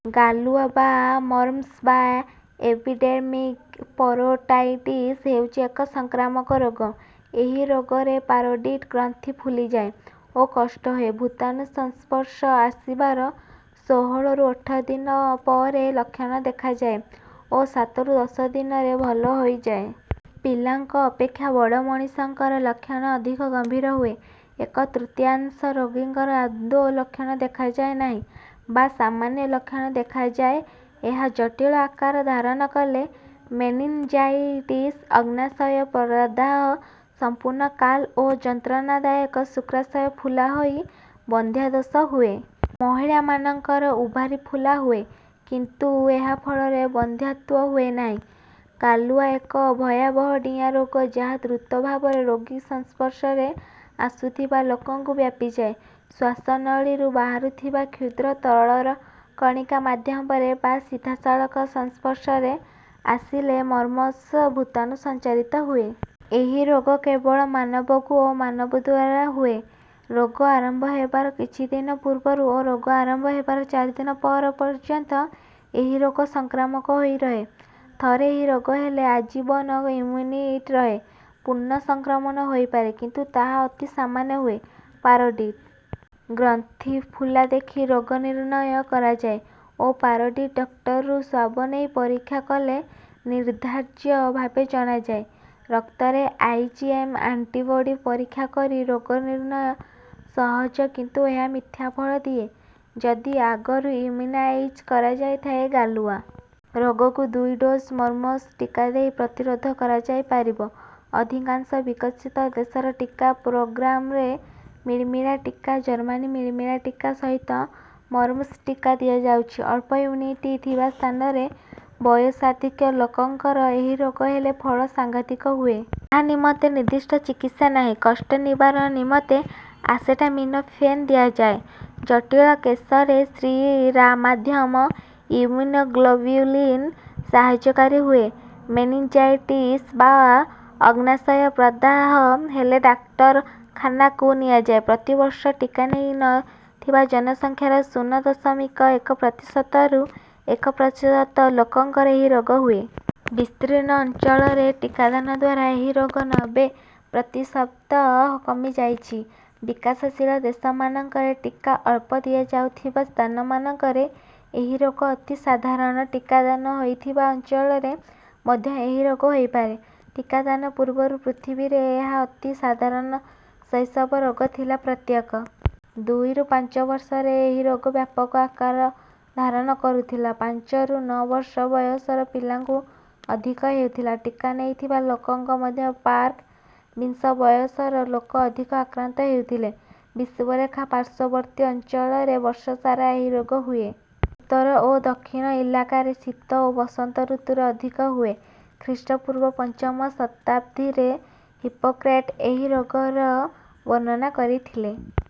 ଗାଲୁଆ ବା ମମ୍ପ୍ସ ବା ଏପିଡେମିକ ପରୋଟାଇଟିସ ହେଉଛି ଏକ ସଂକ୍ରାମକ ରୋଗ। ଏହି ରୋଗରେ ପାରୋଟିଡ ଗ୍ରନ୍ଥି ଫୁଲିଯାଏ ଓ କଷ୍ଟ ହୁଏ। ଭୂତାଣୁ ସଂସ୍ପର୍ଶ ଆସିବାର ଷୋହଳରୁ ଅଠର ଦିନ ପରେ ଲକ୍ଷଣ ଦେଖାଯାଏ ଓ ସାତରୁ ଦଶ ଦିନରେ ଭଲ ହୋଇଯାଏ। ପିଲାଙ୍କ ଅପେକ୍ଷା ବଡ଼ ମଣିଷଙ୍କର ଲକ୍ଷଣ ଅଧିକ ଗମ୍ଭୀର ହୁଏ। ଏକ ତୃତୀୟାଂଶ ରୋଗୀଙ୍କର ଆଦୌ ଲକ୍ଷଣ ଦେଖାଯାଏ ନାହିଁ ବା ସାମାନ୍ୟ ଲକ୍ଷଣ ଦେଖାଯାଏ। ଏହା ଜଟିଳ ଆକାର ଧାରଣ କଲେ ମେନିଞ୍ଜାଇଟିସ, ଅଗ୍ନାଶୟ ପ୍ରଦାହ, ସମ୍ପୂର୍ଣ୍ଣ କାଲ ଓ ଯନ୍ତ୍ରଣାଦାୟକ ଶୁକ୍ରାଶୟ ଫୁଲା ହୋଇ ବନ୍ଧ୍ୟାଦୋଷ ହୁଏ। ମହିଳାମାନଙ୍କର ଓଭାରି ଫୁଲା ହୁଏ କିନ୍ତୁ ଏହା ଫଳରେ ବନ୍ଧ୍ୟାତ୍ୱ ହୁଏ ନାହିଁ। ଗାଲୁଆ ଏକ ଭୟାବହ ଡିଆଁ ରୋଗ ଯାହା ଦୃତ ଭାବରେ ରୋଗୀ ସଂସ୍ପର୍ଶରେ ଆସୁଥିବା ଲୋକଙ୍କୁ ବ୍ୟାପିଯାଏ। ଶ୍ୱାସନଳୀରୁ ବାହାରୁଥିବା କ୍ଷୁଦ୍ର ତରଳକଣିକା ମାଧ୍ୟମରେ ବା ସିଧାସଳଖ ସଂସ୍ପର୍ଶରେ ଆସିଲେ ମମ୍ପ୍ସ ଭୂତାଣୁ ସଞ୍ଚାରିତ ହୁଏ। ଏହି ରୋଗ କେବଳ ମାନବକୁ ଓ ମାନବଦ୍ୱାରା ହୁଏ। ରୋଗ ଆରମ୍ଭ ହେବାର କିଛି ଦିନ ପୂର୍ବରୁ ଓ ରୋଗ ଆରମ୍ଭ ହେବାର ଚାରି ଦିନ ପର ପର୍ଯ୍ୟନ୍ତ ଏହି ରୋଗ ସଂକ୍ରାମକ ହୋଇ ରହେ। ଥରେ ଏହି ରୋଗ ହେଲେ ଆଜୀବନ ଇମ୍ମ୍ୟୁନିଟି ରହେ। ପୁନଃସଂକ୍ରମଣ ହୋଇପାରେ କିନ୍ତୁ ତାହା ଅତି ସାମାନ୍ୟ ହୁଏ। ପାରୋଟିଡ ଗ୍ରନ୍ଥି ଫୁଲା ଦେଖି ରୋଗ ନିର୍ଣ୍ଣୟ କରାଯାଏ ଓ ପାରୋଟିଡ ଡକ୍ଟରୁ ସ୍ୱାବ ନେଇ ପରୀକ୍ଷା କଲେ ନିର୍ଦ୍ଧାର୍ଯ୍ୟ ଭାବେ ଜଣାଯାଏ। ରକ୍ତରେ ଆଇଜିଏମ ଆଣ୍ଟିବଡି ପରୀକ୍ଷା କରି ରୋଗ ନିର୍ଣ୍ଣୟ ସହଜ କିନ୍ତୁ ଏହା ମିଥ୍ୟା ଫଳ ଦିଏ ଯଦି ଆଗରୁ ଇମ୍ମ୍ୟୁନାଇଜ କରାଯାଇଥାଏ। ଗାଲୁଆ ରୋଗକୁ ଦୁଇ ଡୋଜ ମମ୍ପ୍ସ ଟିକା ଦେଇ ପ୍ରତିରୋଧ କରାଯାଇପାରିବ। ଅଧିକାଂଶ ବିକଶିତ ଦେଶର ଟିକା ପ୍ରୋଗ୍ରାମରେ ମିଳିମିଳା ଟିକା, ଜର୍ମାନୀ ମିଳିମିଳା ଟିକା ସହିତ ମମ୍ପ୍ସ ଟିକା ଦିଆଯାଉଛି। ଅଳ୍ପ ଇମ୍ମ୍ୟୁନିଟି ଥିବା ସ୍ଥାନରେ ବୟସାଧିକ୍ୟ ଲୋକଙ୍କର ଏହି ରୋଗ ହେଲେ ଫଳ ସାଂଘାତିକ ହୁଏ। ଏହା ନିମନ୍ତେ ନିର୍ଦ୍ଦିଷ୍ଟ ଚିକିତ୍ସା ନାହିଁ। କଷ୍ଟ ନିବାରଣ ନିମନ୍ତେ ଆସେଟାମିନୋଫେନ ଦିଆଯାଏ। ଜଟିଳ କେଶରେ ଶୀରାମାଧ୍ୟମ ଇମ୍ମ୍ୟୁନୋଗ୍ଲୋବ୍ୟୁଲିନ ସାହାଯ୍ୟକାରୀ ହୁଏ। ମେନିଞ୍ଜାଇଟିସ ବା ଅଗ୍ନାଶୟ ପ୍ରଦାହ ହେଲେ ଡାକ୍ତରଖାନାକୁ ନିଆଯାଏ। ପ୍ରତିବର୍ଷ ଟିକା ନେଇ ନ ଥିବା ଜନସଂଖ୍ୟାର ଶୂନ ଦଶମିକ ଏକ ପ୍ରତିଶତରୁ ଏକ ପ୍ରତିଶତ ଲୋକଙ୍କର ଏହି ରୋଗ ହୁଏ। ବିସ୍ତୀର୍ଣ୍ଣ ଅଞ୍ଚଳରେ ଟିକାଦାନ ଦ୍ୱାରା ଏହି ରୋଗ ନବେ ପ୍ରତିଶତ କମିଯାଇଛି। ବିକାଶଶୀଳ ଦେଶମାନଙ୍କରେ ଟିକା ଅଳ୍ପ ଦିଆଯାଉଥିବା ସ୍ଥାନମାନଙ୍କରେ ଏହି ରୋଗ ଅତି ସାଧାରଣ। ଟିକାଦାନ ହୋଇଥିବା ଅଞ୍ଚଳରେ ମଧ୍ୟ ଏହି ରୋଗ ହୋଇପାରେ। ଟିକାଦାନ ପୂର୍ବରୁ ପୃଥିବୀରେ ଏହା ଅତି ସାଧାରଣ ଶୈଶବ ରୋଗ ଥିଲା। ପ୍ରତ୍ୟେକ ଦୁଇରୁ ପାଞ୍ଚ ବର୍ଷରେ ଏହି ରୋଗ ବ୍ୟାପକ ଆକାର ଧାରଣ କରୁଥିଲା। ପାଞ୍ଚରୁ ନଅ ବର୍ଷ ବୟସର ପିଲାଙ୍କୁ ଅଧିକ ହେଉଥିଲା। ଟିକା ନେଇଥିବା ଲୋକଙ୍କ ମଧ୍ୟରୁ ପ୍ରାକ୍ ବିଂଶ ବୟସର ଲୋକ ଅଧିକ ଆକ୍ରାନ୍ତ ହେଉଥିଲେ। ବିଷୁବରେଖା ପାର୍ଶ୍ୱବର୍ତ୍ତୀ ଅଞ୍ଚଳରେ ବର୍ଷ ସାରା ଏହି ରୋଗ ହୁଏ। ଉତ୍ତର ଓ ଦକ୍ଷିଣ ଇଲାକାରେ ଶୀତ ଓ ବସନ୍ତ ଋତୁରେ ଅଧିକ ହୁଏ। ଖ୍ରୀଷ୍ଟପୂର୍ବ ପଞ୍ଚମ ଶତାବ୍ଦୀରେ ହିପୋକ୍ରେଟ ଏହି ରୋଗର ବର୍ଣ୍ଣନା କରିଥିଲେ।